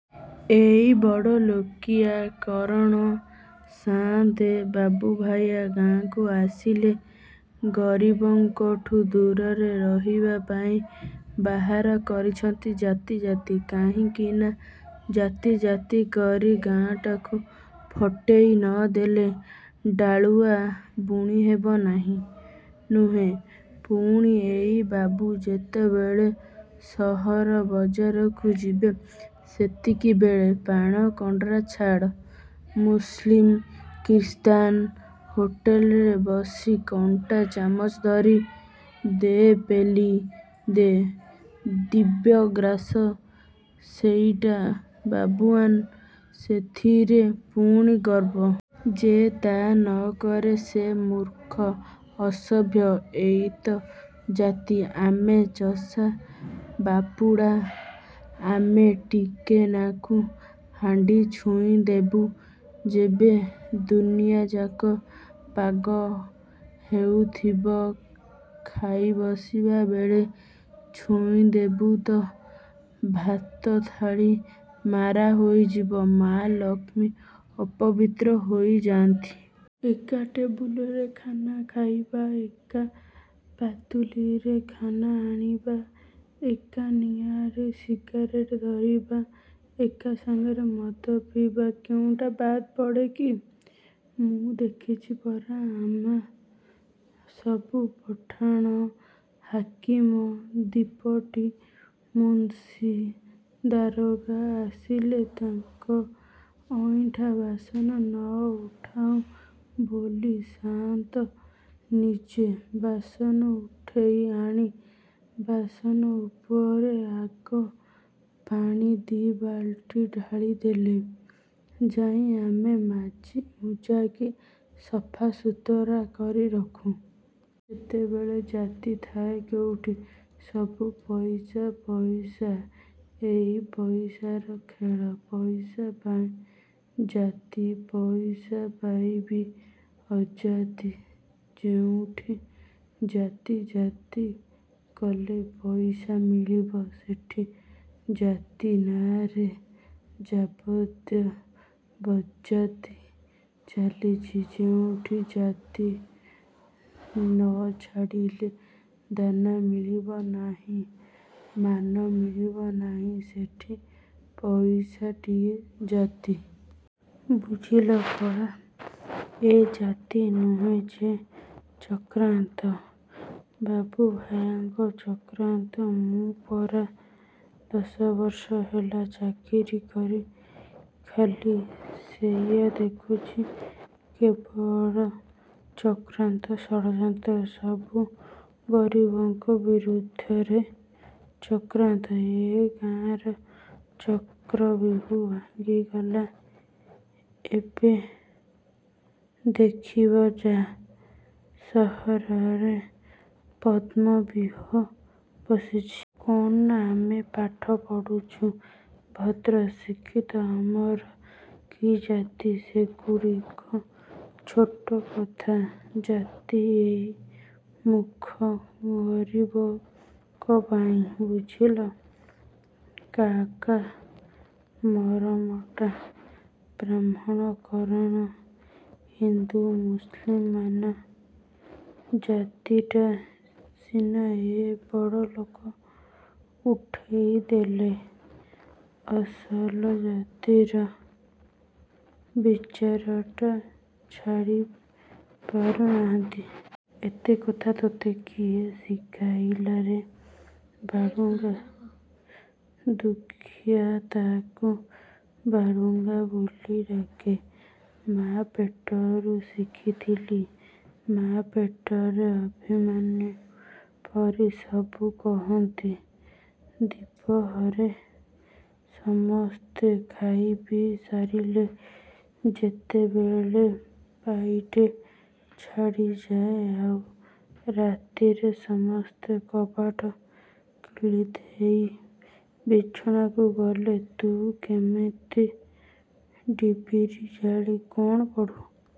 ଏଇ ବଡ଼ଲୋକିଆ କରଣ ସାଆନ୍ତେ ବାବୁଭାୟା ଗାଁକୁ ଆସିଲେ ଗରିବଙ୍କଠୁ ଦୂରରେ ରହିବାପାଇଁ ବାହାର କରିଛନ୍ତି ଜାତି ଜାତି। କାହିଁକିନା ଜାତି ଜାତି କରି ଗାଁଟାକୁ ଫଟେଇ ନଦେଲେ ଡାଳୁଆ ବୁଣିହେବ ନାହିଁ। ନୁହେଁ ପୁଣି ଏଇ ବାବୁ ଯେତେବେଳେ ସହର ବଜାରକୁ ଯିବେ ସେତିକିବେଳେ ପାଣକଣ୍ଡରା ଛାଡ଼ ମୁସ୍ ଲିମ୍ କିର୍ ସ୍ତାନ ହୋଟଲରେ ବସି କଣ୍ଟା ଚାମଚ ଧରି ଦେ ପେଲି ଦେ ଦିବ୍ୟଗ୍ରାସ ସେଇଟା ବାବୁଆନ୍ ସେଥିରେ ପୁଣି ଗର୍ବ। ଯେ ତା ନକରେ ସେ ମୂର୍ଖ ଅସଭ୍ୟ। ଏଇ ତ ଜାତି? ଆମେ ଚଷା ବାପୁଡ଼ା ଆମେ ଟିକେନାକୁ ହାଣ୍ଡି ଛୁଇଁ ଦେବୁ ଯେବେ ଦୁନିଆଯାକ ପାଗ ହେଉଥିବ ଖାଇ ବସିବାବେଳେ ଛୁଇଁଦେବୁ ତ ଭାତ ଥାଳି ମାରା ହୋଇଯିବ ମା ଲକ୍ଷ୍ମୀ ଅପବିତ୍ର ହୋଇ ଯାଆନ୍ତି। ଏକା ଟେବୁଲରେ ଖାନା ଖାଇବା, ଏକା ପାତୁଲିରେ ଖାନା ଆଣିବା, ଏକା ନିଆଁରେ ସିଗାରେଟ ଧରିବା, ଏକା ସାଙ୍ଗରେ ମଦ ପିଇବା କେଉଁଟା ବାଦ୍ ପଡ଼େ କି? ମୁଁ ଦେଖିଛି ପରା? ଆମେ ସବୁ ପଠାଣ ହାକିମ ଦିପଟି ମୁନ୍ସି ଦାରୋଗା ଆସିଲେ ତାଙ୍କ ଅଇଁଠା ବାସନ ନ ଉଠଉ ବୋଲି ସାଆନ୍ତ ନିଜେ ବାସନ ଉଠେଇ ଆଣି ବାସନ ଉପରେ ଆଗ ପାଣି ଦି ବାଲ୍ଟି ଢାଳିଦେଲେ ଯାଇଁ ଆମେ ମାଜି ମୁଜାକି ସଫା ସୁତୁରା କରି ରଖୁ। ସେତେବେଳେ ଜାତି ଥାଏ କେଉଠି? ସବୁ ପଇସା ପଇସା ଏଇ ପଇସାର ଖେଳ। ପଇସାପାଇଁ ଜାତି ପଇସାପାଇବି ଅଜାତି। ଯେଉଁଠି ଜାତି ଜାତି କଲେ ପଇସା ମିଳିବ, ସେଠି ଜାତି ନାଆଁରେ ଯାବତ୍ ବଜ୍ଜାତି ଚାଲିଛି। ଯେଉଁଠି ଜାତି ନଛାଡ଼ିଲେ ଦାନା ମିଳିବ ନାହିଁ, ମାନ ମିଳିବ ନାହିଁ ସେଠି ପଇସାଟିଏ ଜାତି। ବୁଝିଲ କଳା ଏ ଜାତି ନୁହେଁ ଯେ ଚକ୍ରାନ୍ତ ବାବୁଭାୟାଙ୍କ ଚକ୍ରାନ୍ତ ମୁଁ ପରା ଦଶବର୍ଷ ହେଲା ଚାକିରି କରି ଖାଲି ସେଇଆ ଦେଖୁଚଛି। କେବଳ ଚକ୍ରାନ୍ତ ଷଡ଼ଯନ୍ତ୍ର। ସବୁ ଗରିବଙ୍କ ବିରୁଦ୍ଧରେ ଚକ୍ରାନ୍ତ। ଏ ଗାଁର ଚକ୍ରବ୍ୟୂହ ଭାଙ୍ଗିଗଲା ଏବେ ଦେଖିବ ଯା ସହରରେ ପଦ୍ମବ୍ୟୂହ ବସିଚି। କଣ ନା ଆମେ ପାଠ ପଢ଼ୁଛୁ ଭଦ୍ର ଶିକ୍ଷିତ ଆମର କି ଜାତି ସେଗୁଡ଼ାକ ଛୋଟ କଥା। ଜାତି ଏଇ ମୂର୍ଖ ଗରିବଙ୍କ ପାଇଁ। ବୁଝିଲ କାକା ମରମଟା? ବ୍ରାହ୍ମଣ କରଣ ହିନ୍ଦୁ ମୁସ୍ ଲିମ୍ ମାନ ଜାତିଟା ସିନା ଏ ବଡ଼ଲୋକ ଉଠେଇଦେଲେ ଅସଲ ଜାତିର ବିଚାରଟା ଛାଡ଼ି ପାରୁ ନାହାଁନ୍ତି। ଏତେ କଥା ତୋତେ କିଏ ଶିକାଇଲାରେ ବାଳୁଙ୍ଗା? ଦୁଃଖୀଆ ତାକୁ ବାଳୁଙ୍ଗା ବୋଲି ଡାକେ। ମା ପେଟରୁ ଶିଖିଥିଲି ମା ପେଟରେ ଅଭିମନ୍ୟୁ ପରି। ସବୁ କହନ୍ତି, ଦିପହରେ ସମସ୍ତେ ଖାଇପିଇ ସାରିଲେ ଯେତେବେଳେ ପାଇଟି ଛିଡ଼ିଯାଏଁ, ଆଉ ରାତିରେ ସମସ୍ତେ କବାଟ କିଳିଦେଇ ବିଛଣାକୁ ଗଲେ ତୁ କେମିତି ଡିବିରି ଜାଳି କଣ ପଢ଼ୁ?